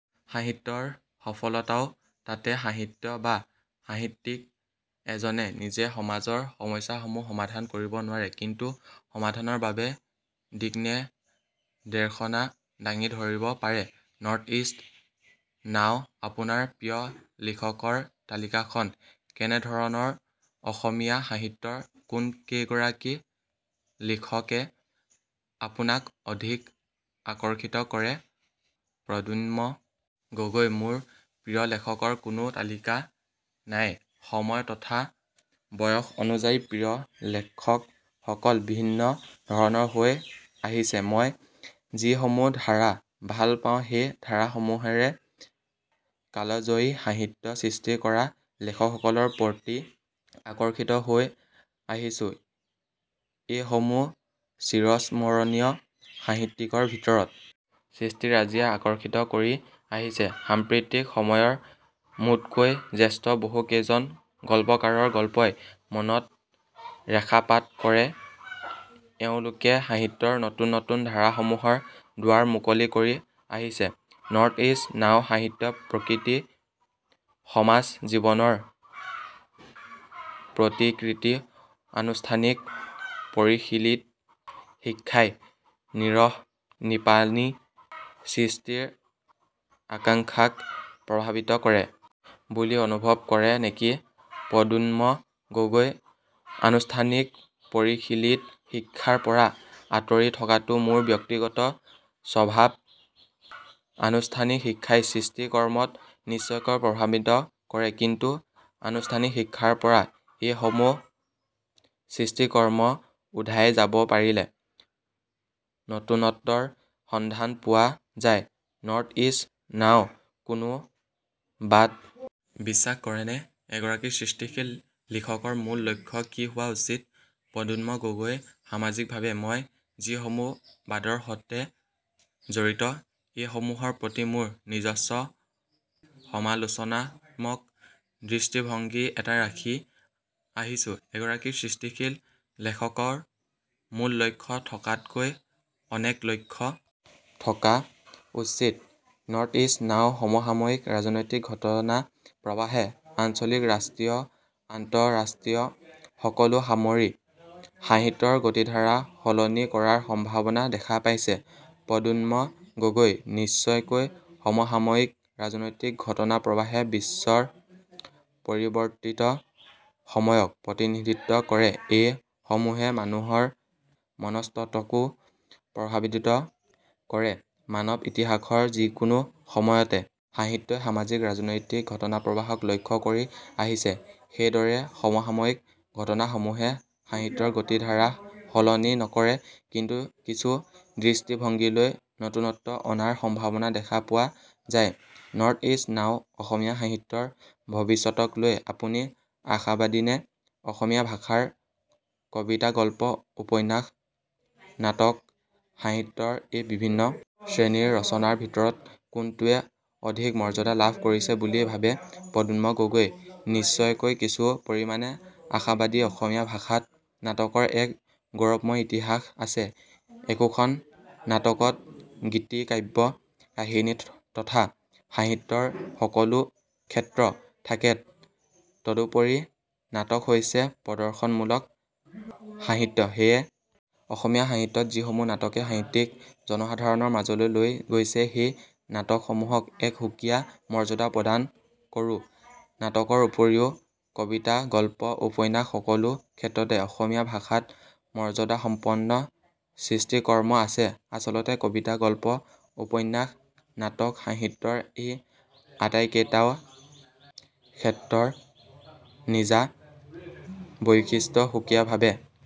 সাহিত্যৰ সফলতাও তাতেসাহিত্য বা সাহিত্যিক এজনে নিজে সমাজৰ সমস্যাসমূহৰ সমাধান কৰিব নোৱাৰে কিন্তু সমাধানৰ বাবে দিক্নিৰ্দেশনা দাঙি ধৰিব পাৰেনৰ্থইষ্ট নাওআপোনাৰ প্ৰিয় লিখকৰ তালিকাখন কেনেধৰণৰ অসমীয়া সাহিত্যৰ কোনকেইগৰাকী লিখকে আপোনাক অধিক আকৰ্ষিত কৰে প্ৰদ্যুন্ম গগৈ:মোৰ প্ৰিয় লেখকৰ কোনো তালিকা নাইসময় তথা বয়স অনুযায়ী প্ৰিয় লেখকসকল ভিন্ন ধৰণৰ হৈ আহিছেমই যিসমূহ ধাৰা ভাল পাওঁ সেই ধাৰাসমূহেৰে কালজয়ী সাহিত্য সৃষ্টি কৰা লেখকসকলৰ প্ৰতি আকৰ্ষিত হৈ আহিছোএইসমূহ চিৰঃস্মৰণীয় সাহিত্যিকৰ ভিতৰত সৃষ্টিৰাজীয়ে আকৰ্ষিত কৰি আহিছেসাম্প্ৰতিক সময়ৰ মোতকৈ জ্যেষ্ঠ বহুকেইজন গল্পকাৰৰ গল্পই মনত ৰেখাপাত কৰেএওঁলোকে সাহিত্যৰ নতুন নতুন ধাৰাসমূহৰ দুৱাৰ মুকলি কৰি আহিছেনৰ্থইষ্ট নাওসাহিত্য প্ৰকৃতি সমাজ জীৱনৰ প্ৰতিকৃতিআনুষ্ঠানিক পৰিশীলিত শিক্ষাই নিৰহনিপানী সৃষ্টিৰ আকাংক্ষাক প্ৰভাৱিত কৰে বুলি অনুভৱ কৰে নেকি প্ৰদ্যুন্ম গগৈ:আনুষ্ঠানিক পৰিশীলিত শিক্ষাৰ পৰা আঁতৰি থকাটো মোৰ ব্যক্তিগত স্বভাৱআনুষ্ঠানিক শিক্ষাই সৃষ্টিকৰ্মত নিশ্চয়কৈ প্ৰভাৱান্বিত কৰেকিন্তু আনুষ্ঠানিক শিক্ষাৰ পৰা এইসমূহ সৃষ্টিকৰ্ম উধাই যাব পাৰিলে নতুনত্বৰ সন্ধান পোৱা যায়নৰ্থইষ্ট নাওকোনো বাদ বিশ্বাস কৰেনে এগৰাকী সৃষ্টিশীল লিখকৰ মূল লক্ষ্য কি হোৱা উচিত প্ৰদ্যুন্ম গগৈ:সামাজিকভাৱে মই যিসমূহ বাদৰ সতে জড়িত এইসমূহৰ প্ৰতি মোৰ নিজস্ব সমালোচনাত্মক দৃষ্টিভংগী এটা ৰাখি আহিছোএগৰাকী সৃষ্টিশীল লেখকৰ মূল লক্ষ্য থকাতকৈ অনেক লক্ষ্য থকা উচিতনৰ্থইষ্ট নাওসমসাময়িক ৰাজনৈতিক ঘটনা প্ৰবাহে আঞ্চলিকৰাষ্ট্ৰীয়আন্ত:ৰাষ্ট্ৰীয় সকলো সামৰি সাহিত্যৰ গতিধাৰা সলনি কৰাৰ সম্ভাৱনা দেখা পাইছে প্ৰদ্যুন্ম গগৈ:নিশ্চয়কৈ সমসাময়িক ৰাজনৈতিক ঘটনাপ্ৰৱাহে বিশ্বৰ পৰিৱৰ্তিত সময়ক প্ৰতিনিধিত্ব কৰেএইসমূহে মানুহৰ মনঃস্তত্বকো প্ৰভাৱান্বিত কৰেমানৱ ইতিহাসৰ যিকোনো সময়তে সাহিত্যই সামাজিক ৰাজনৈতিক ঘটনাপ্ৰৱাহক লক্ষ্য কৰি আহিছেসেইদৰে সমসাময়িক ঘটনাসমূহে সাহিত্যৰ গতিধাৰা সলনি নকৰে কিন্তু কিছু দৃষ্টিভংগীলৈ নতুনত্ব অনাৰ সম্ভাৱনা দেখা পোৱা যায়নৰ্থইষ্ট নাওঅসমীয়া সাহিত্যৰ ভৱিষ্যতকলৈ আপুনি আশাবাদীনে অসমীয়া ভাষাৰ কবিতাগল্পউপন্যাসনাটক সাহিত্যৰ এই বিভিন্ন শ্ৰেণীৰ ৰচনাৰ ভিতৰত কোনটোৱে অধিক মৰ্যাদা লাভ কৰিছে বুলি ভাৱে প্ৰদ্যুন্ম গগৈ:নিশ্চয়কৈ কিছু পৰিমাণে আশাবাদীঅসমীয়া ভাষাত নাটকৰ এক গৌৰৱময় ইতিহাস আছেএকোখন নাটকত গীতিকাব্য কাহিনী তথা সাহিত্যৰ সকলো ক্ষেত্ৰ থাকেতদুপৰি নাটক হৈছে প্ৰদৰ্শনমূলক সাহিত্যসেয়ে অসমীয়া সাহিত্যত যিসমূহ নাটকে সাহিত্যক জনসাধাৰণৰ মাজলৈ লৈ গৈছে সেই নাটকসমূহক এক সুকীয়া মৰ্যাদা প্ৰদান কৰোনাটকৰ উপৰিও কবিতাগল্পউপন্যাস সকলো ক্ষেত্ৰতে অসমীয়া ভাষাত মৰ্যাদাসম্পন্ন সৃষ্টিকৰ্ম আছেআচলতে কবিতা গল্প উপন্যাস নাটক সাহিত্যৰ এই আটাইকেওটা ক্ষেত্ৰৰ নিজা বৈশিষ্ট্য সুকীয়াভাৱে